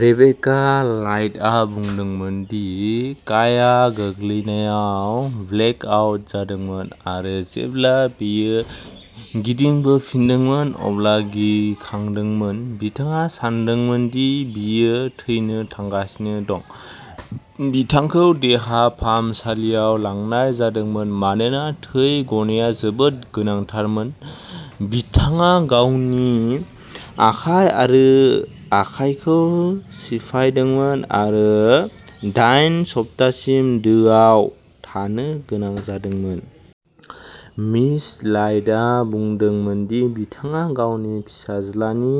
Rebecca लायडआ बुंदोंमोन दि काइआ गोग्लैनायाव "ब्लेक आउट" जादोंमोन आरो जेब्ला बियो गिदिंबोफिनदोंमोन अब्ला गिखांदोंमोन। "बिथाङा सानदोंमोन दि बियो थैनो थांगासिनो दं। बिथांखौ देहा फाहामसालियाव लांनाय जादोंमोन मानोना थै गनाया जोबोद गोनांथारमोन। बिथाङा गावनि आखाइ आरो आखाइखौ सिफायदोंमोन आरो दाइन सप्तासिम दोआव थानो गोनां जागोन।" मिस लायडआ बुंदोंमोन दि बिथाङा गावनि फिसाज्लानि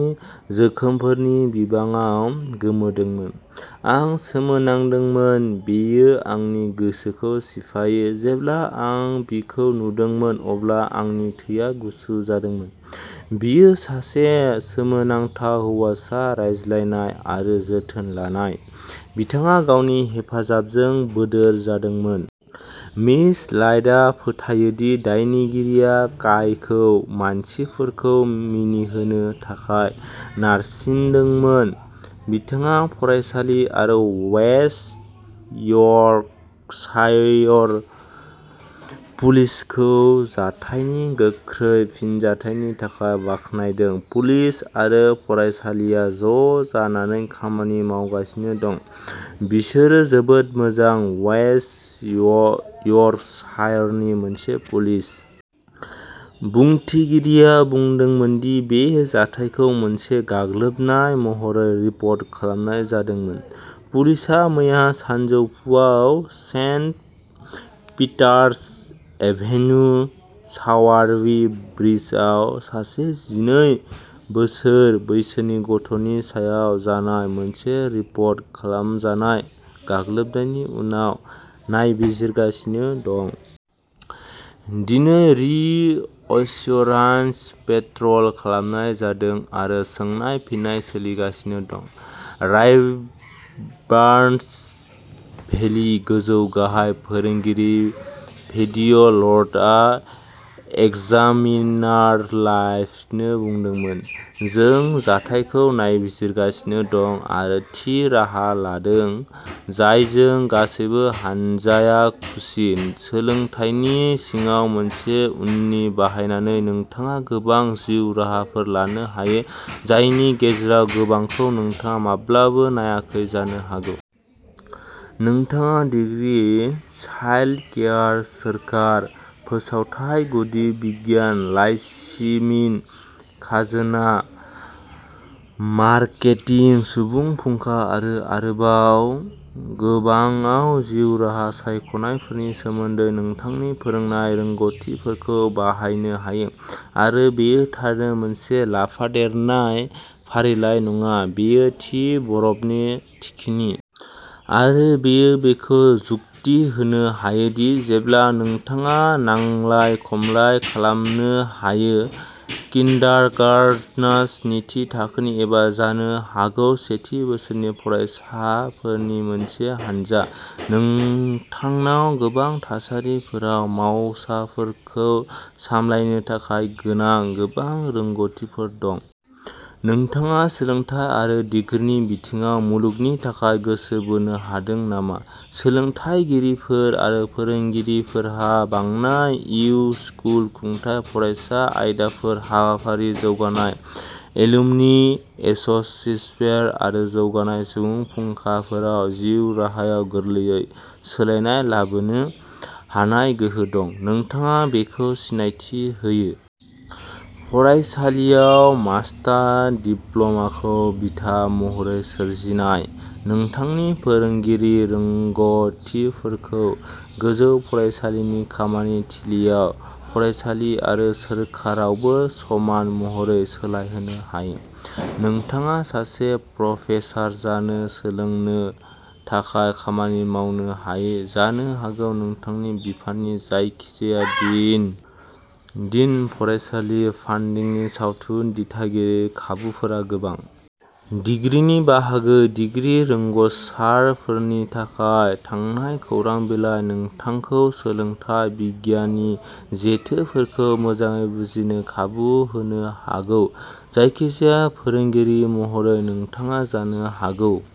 जोखोमफोरनि बिबाङाव "गोमोदोंमोन"। "आं सोमोनांदोंमोन। बेयो आंनि गोसोखौ सिफायो। जेब्ला आं बिखौ नुदोंमोन अब्ला आंनि थैया गुसु जादोंमोन।" बियो सासे सोमोनांथाव हौवासा-रायज्लायनाय आरो जोथोन लानाय। बिथाङा गावनि हेफाजाबजों बोदोर जादोंमोन। "मिस लायडआ फोथायो दि दायनिगिरिया काइखौ" मानसिफोरखौ मिनिहोनो थाखाय "नारसिन्दोंमोन। बिथाङा फरायसालि आरो वेस्ट यर्कशायर पुलिसखौ जाथायनि गोख्रै फिनजाथायनि थाखाय बाख्नायदों।" पुलिस आरो फरायसालिआ ज'जानानै खामानि मावगासिनो दं। बिसोरो जोबोद मोजां। "वेस्ट य यरस हायेरनि मोनसे पुलिस। बुंथिगिरिआ बुंदोंमोन दि बे जाथायखौ मोनसे गाग्लोबनाय महरै रिपर्ट खालामनाय जादोंमोन। पुलिसआ मैया सानजौफुआव सेन्ट पिटार्स एभेन्यु, सावारबी ब्रिजआव सासे जिनै बोसोर बैसोनि गथ'नि सायाव जानाय मोनसे रिपर्ट खालामजानाय गाग्लोबनायनि उनाव नायबिजिरगासिनो दं। दिनै रिअस्युरान्स पेट्रल खालामनाय जादों आरो सोंनाय-फिननाय सोलिगासिनो दं। "रायबार्नस भेलि गोजौ गाहाय फोरोंगिरि भेडिअ लर्डआ एक्जामिनारलाइभनो बुंदोंमोनः" जों जाथायखौ नायबिजिरगासिनो दं आरो थि राहा लादों जायजों गासैबो हानजाया खुसि। "सोलोंथायनि सिङाव मोनसे उननि बाहायनानै नोंथाङा गोबां जिउ राहाफोर लानो हायो, जायनि गेजेराव गोबांखौ नोंथाङा माब्लाबाबो नायाखै जानो हागौ। नोंथाङा डिग्री, चाइल्डकेयार सोरखार, फोसावथाइ, गुदि बिगियान, लाइसिमिन, खाजोना, मार्केटिं, सुबुं फुंखा आरो आरोबाव गोबांआव जिउ राहा सायख'नायफोरनि सोमोन्दो नोंथांनि फोरोंनाय रोंग'थिफोरखौ बाहायनो हायो। आरो बेयो थारैनो मोनसे लाफादेरनाय फारिलाइ नङा; बेयो थि बरफनि थिखिनि। आरो बेयो बेखौ जुक्ति होनो हायो दि जेब्ला नोंथाङा नांलाय-खमलाय खालामनो हायो। किन्डारगार्टनार्स, स्निथि थाखोनि एबा जानो हागौ सेथि बोसोरनि फरायसाफोरनि मोनसे हानजा, नोंथांनाव गोबां थासारिफोराव मावसाफोरखौ सामलायनो थाखाय गोनां गोबां रोंग'थिफोर दं। नोंथाङा सोलोंथाइ आरो डिग्रीनि बिथिङाव मुलुगनि थाखाय गोसो बोनो हादों नामा? सोलोंथायगिरिफोर आरो फोरोंगिरिफोरहा बांनाय एड-स्कुल खुंथाय, फरायसा आयदाफोर, हाबाफारि जौगानाय, एलुमनि एस'सिफ्यार आरो जौगानाय, सुबुं फुंखाफोराव जिउ राहायाव गोरलैयै सोलायनाय लाबोनो हानाय गोहो दं, नोंथाङा बेखौ सिनायथि होयो। फरायसालियाव मास्टर डिप्ल'माखौ बिथा महरै सोरजिनाय, नोंथांनि फोरोंगिरि रोंग'थिफोरखौ गोजौ फरायसालिनि खामानि थिलिआव, फरायसालि आरो सोरखारावबो समान महरै सोलायहोनो हायो। नोंथाङा सासे प्रफेसार जानो सोलोंनो थाखाय खामानि मावनो हायो, जानो हागौ नोंथांनि बिफाननि जायखिजाया डिन डीन, फरायसालि फान्डिंनि सावथुन दिथागिरि; खाबुफोरा गोबां। डिग्रीनि बाहागो, डिग्री रोंग'सारफोरनि थाखाय थांनाय खौरां बिलाइ, नोंथांखौ सोलोंथाइ बिगियाननि जेथोफोरखौ मोजाङै बुजिनो खाबु होनो हागौ। जायखिजाया फोरोंगिरि महरै, नोंथाङा जानो हागौ।